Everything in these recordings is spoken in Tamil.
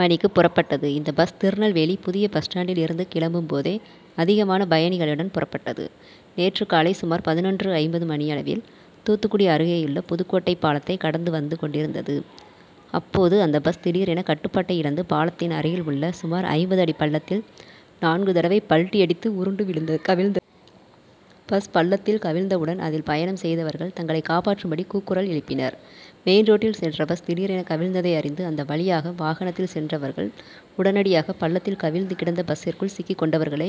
மணிக்கு புறப்பட்டது. இந்த பஸ் திருநெல்வேலி புதிய பஸ் ஸ்டாண்டில் இருந்து கிளம்பும் போதே அதிகமான பயணிகளுடன் புறப்பட்டது. நேற்று காலை சுமார் பதினொன்று.ஐம்பது மணியளவில் தூத்துக்குடி அருகேயுள்ள புதுக்கோட்டை பாலத்தை கடந்து வந்து கொண்டிருந்தது. அப்போது அந்த பஸ் திடீரென கட்டுபாட்டை இழந்து பாலத்தின் அருகில் உள்ள சுமார் ஐம்பது அடி பள்ளத்தில் நான்கு தடவை பல்டி அடித்து உருண்டு விழுந்து கவிழ்ந்த. பஸ் பள்ளத்தில் கவிழ்ந்தவுடன் அதில் பயணம் செய்தவர்கள் தங்களை காப்பாற்றும் படி கூக்குரல் எழுப்பினர். மெயின்ரோட்டில் சென்ற பஸ் திடீரென கவிழ்ந்ததை அறிந்து அந்த வழியாக வாகனத்தில் சென்றவர்கள் உடனடியாக பள்ளத்தில் கவிழ்ந்து கிடந்த பஸ்சிற்குள் சிக்கிக் கொண்டவர்களை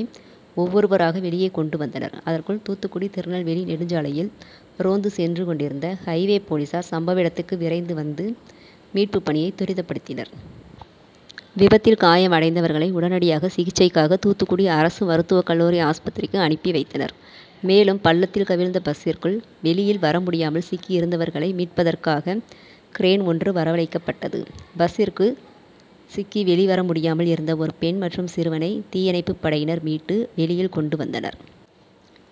ஒவ்வொருவராக வெளியே கொண்டு வந்தனர். அதற்குள் தூத்துக்குடி-திருநெல்வேலி நெடுஞ்சாலையில் ரோந்து சென்று கொண்டிருந்த ஹைவே- போலீசார் சம்பவ இடத்திற்கு விரைந்து வந்து மீட்பு பணியை துரிதப்படுத்தினர். விபத்தில் காயம் அடைந்தவர்களை உடனடியாக சிகிச்சைக்காக தூத்துக்குடி அரசு மருத்துவக்கல்லூரி ஆஸ்பத்திரிக்கு அனுப்பி வைத்தனர். மேலும் பள்ளத்தில் கவிழ்ந்த பஸ்சிற்குள் வெளியில் வரமுடியாமல் சிக்கி இருந்தவர்களை மீட்பதற்காக கிரேன் ஒன்று வரவழைக்கப்பட்டது. பஸ்சிற்கு சிக்கி வெளிவரமுடியாமல் இருந்த ஒரு பெண் மற்றும் சிறுவனை தீயணைப்பு படையினர் மீட்டு வெளியில் கொண்டு வந்தனர்.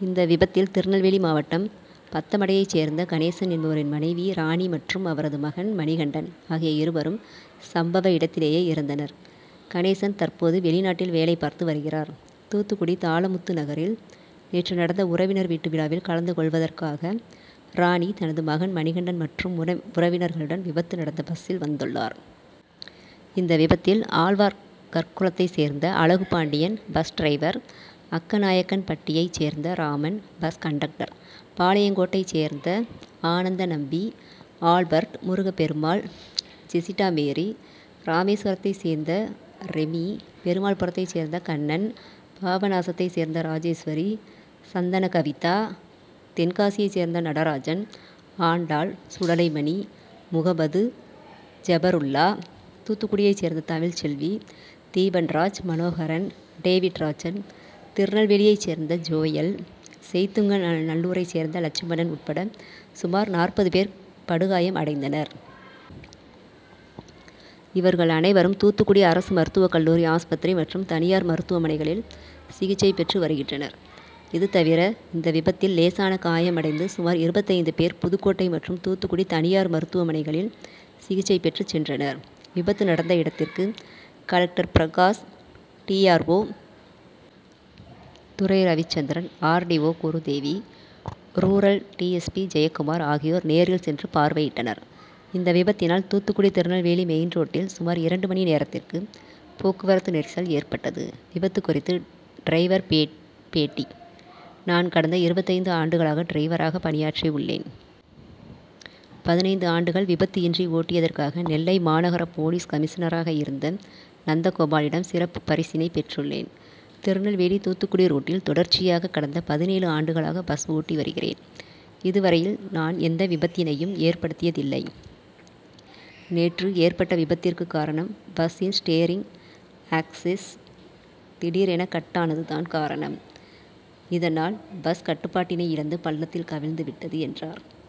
இந்த விபத்தில் திருநெல்வேலி மாவட்டம் பத்தமடையைச் சேர்ந்த கணேசன் என்பவரின் மனைவி ராணி மற்றும் அவரது மகன் மணிகண்டன் ஆகிய இருவரும் சம்பவ இடத்திலேயே இறந்தனர். கணேசன் தற்போது வெளிநாட்டில் வேலைபார்த்து வருகிறார். தூத்துக்குடி தாளமுத்துநகரில் நேற்று நடந்த உறவினர் வீட்டு விழாவில் கலந்து கொள்வதற்காக ராணி தனது மகன் மணிகண்டன் மற்றும் உறவினர்களுடன் விபத்து நடந்த பஸ்சில் வந்துள்ளார். இந்த விபத்தில் ஆழ்வார்கற்குளத்தை சேர்ந்த அழகுபாண்டியன் பஸ் டிரைவர், அக்கநாயக்கன்பட்டியைச் சேர்ந்த ராமன், பஸ் கண்டக்டர், பாளையங்கோட்டையைச் சேர்ந்த ஆனந்தநம்பி, ஆல்பர்ட், முருகபெருமாள், ஜெஸிடாமேரி, ராமேஸ்வரத்தை சேர்ந்த ரெமி, பெருமாள்புரத்தை சேர்ந்த கண்ணன், பாபநாசத்தை சேர்ந்த ராஜேஸ்வரி, சந்தனகவிதா, தென்காசியைச் சேர்ந்த நடராஜன், ஆண்டாள், சுடலைமணி, முகமது ஜெபருல்லா, தூத்துக்குடியைச் சேர்ந்த தமிழ்செல்வி, தீபன்ராஜ், மனோகரன், டேவிட்ராஜன், திருநெல்வேலியை சேர்ந்த ஜோயல், செய்துங்கநல்லூரைச் சேர்ந்த லட்சுமணன் உட்பட சுமார் நாற்பது பேர் படுகாயம் அடைந்தனர். இவர்கள் அனைவரும் தூத்துக்குடி அரசு மருத்துவக்கல்லூரி ஆஸ்பத்திரி மற்றும் தனியார் மருத்துவமனைகளில் சிகிச்சை பெற்று வருகின்றனர். இது தவிர இந்த விபத்தில் லேசான காயம் அடைந்து சுமார் இருபத்தைந்து பேர் புதுக்கோட்டை மற்றும் தூத்துக்குடி தனியார் மருத்துவமனைகளில் சிகிச்சை பெற்று சென்றனர். விபத்து நடந்து இடத்திற்கு collector Prakash, டிஆ ர்ஓ., Durai Ravichandran, RTO., Gurudevi, rural டிஎஸ்பி.,ஜெயக்குமார் ஆகியோர் நேரில் சென்று பார்வையிட்டனர். இந்த விபத்தினால் தூத்துக்குடி- திருநெல்வேலி மெயின் ரோட்டில் சுமார் இரண்டு மணி நேரத்திற்கு போக்குவரத்து நெரிசல் ஏற்பட்டது. விபத்து குறித்து டிரைவர் பேட்டி நான் கடந்த இருபத்தைந்து ஆண்டுகளாக டிரைவராக பணியாற்றி உள்ளேன். பதினைந்து ஆண்டுகள் விபத்து இன்றி ஓட்டியதற்காக நெல்லை மாநகர போலீஸ் கமிஷனராக இருந்த நந்தகோபாலிடம் சிறப்பு பரிசினை பெற்றுள்ளேன். திருநெல்வேலி- தூத்துக்குடி ரூட்டில் தொடர்ச்சியாக கடந்த பதினேழு ஆண்டுகளாக பஸ் ஓட்டி வருகிறேன். இதுவரையில் நான் எந்த விபத்தினையும் ஏற்படுத்தியதில்லை. நேற்று ஏற்பட்ட விபத்திற்கு காரணம் பஸ்சின் ஸ்டேரிங் ஆக்சிஸ் திடீரென கட்ஆனது தான் காரணம். இதனால் பஸ் கட்டுபாட்டினை இழந்து பள்ளத்தில் கவிழந்து விட்டது என்றார்.